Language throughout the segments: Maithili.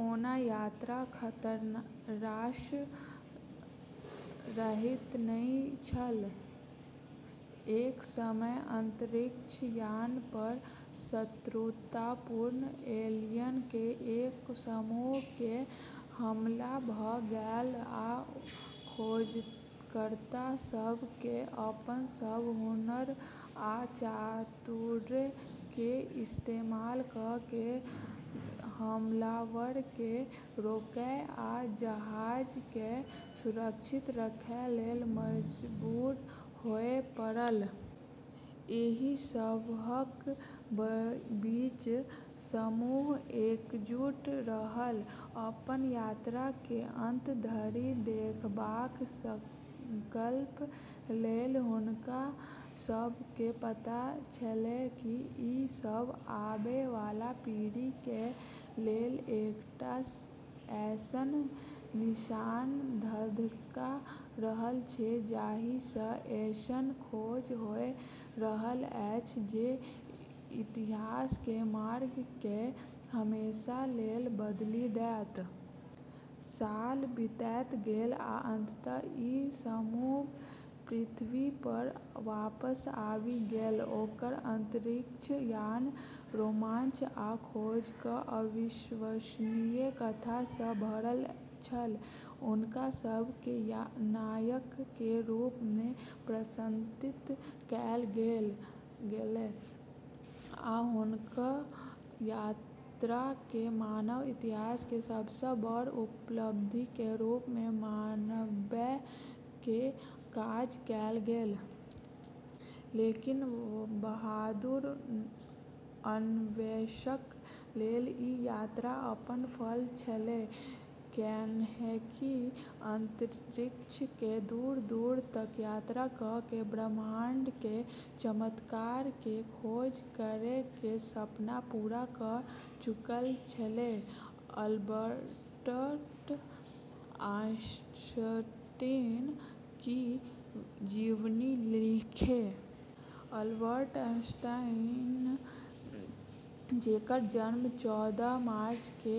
ओना यात्रा खतरासँ रहित नहि छल। एक समय अंतरिक्ष यान पर शत्रुतापूर्ण एलियन के एक समूह के हमला भ' गेलै, आ खोजकर्ता सब के अपन सब हुनर आ चातुर्य के इस्तेमाल क' क' हमलावर के रोकय आ जहाज के सुरक्षित रखय लेल मजबूर होय पड़ल। एहि सबहक बीच समूह एकजुट रहल, अपन यात्रा के अंत धरि देखबाक संकल्प लेल। हुनका सब के पता छेलै कि ई सब आबै वाला पीढ़ी के लेल एकटा ऐसन निशान धधका रहल छै, जाहि सँ ऐसन खोज होय रहल अछि जे इतिहास के मार्ग के हमेशा लेल बदलि देत। साल बीतैत गेल, आ अंततः, ई समूह पृथ्वी पर वापस आबि गेल, ओकर अंतरिक्ष यान रोमांच आ खोजक अविश्वसनीय कथा सँ भरल छल। हुनका सब के नायक के रूप मे प्रशंसित कएल गेलै, आ हुनक यात्रा के मानव इतिहास के सबसँ बड़ उपलब्धि के रूप मे मनाबय के काज कएल गेल। लेकिन बहादुर अन्वेषक लेल ई यात्रा अपन फल छेलै, कैन्हेकि अंतरिक्ष के दूर-दूर तक यात्रा क' क' ब्रह्मांड के चमत्कार के खोज करै के सपना पूरा क' चुकल छेलै। अल्बर्ट आइंस्टीन की जीवनी लिखें। अल्बर्ट आइंस्टीन, जेकर जन्म चौदह मार्च के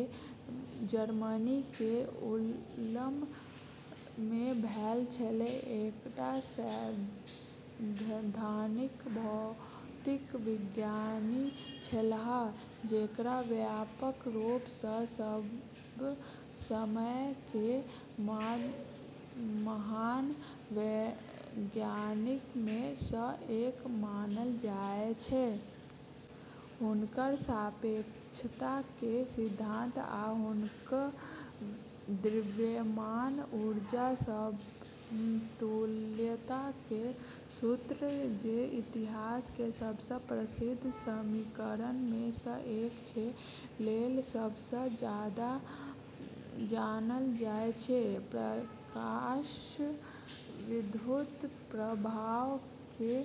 जर्मनी के उल्म मे भेल छेलै, एकटा सैद्धांतिक भौतिक विज्ञानी छेलाह जेकरा व्यापक रूप सँ सब समय के महान वैज्ञानिक मे सँ एक मानल जाय छै। हुनक सापेक्षता के सिद्धांत, आ हुनक द्रव्यमान-ऊर्जा समतुल्यता के सूत्र, जे इतिहास के सबसँ प्रसिद्ध समीकरण मे सँ एक छै, लेल सबसँ जादा जानल जाय छै। प्रकाश विद्युत प्रभाव के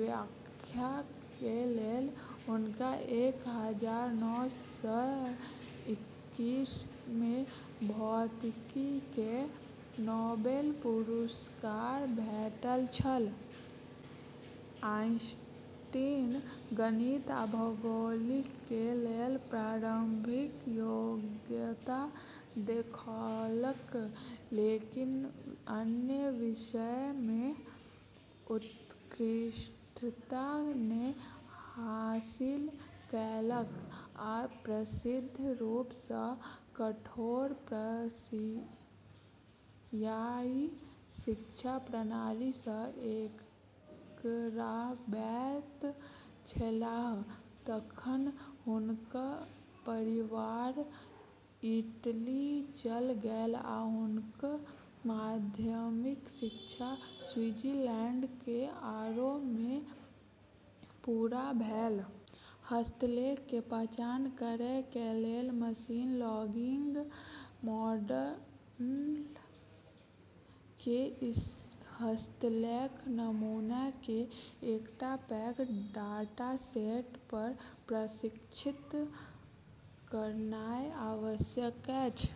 व्याख्या के लेल हुनका एक हजार नौ सय इक्कीस मे भौतिकी के नोबेल पुरस्कार भेटल छल। आइंस्टीन गणित आ भौतिकी के लेल प्रारंभिक योग्यता देखौलक, लेकिन अन्य विषय मे उत्कृष्टता नै हासिल कएलक, आ प्रसिद्ध रूप सँ कठोर प्रशियाई शिक्षा प्रणाली सँ टकराबैत छेलाह। तखन हुनक परिवार इटली चल गेल, आ हुनक माध्यमिक शिक्षा स्विट्जरलैंड के आरौ मे पूरा भेल। हस्तलेख के पहचान करय के लेल मशीन लर्निंग मॉडल के हस्तलेख नमूना के एकटा पैघ डाटासेट पर प्रशिक्षित करनाय आवश्यक अछि।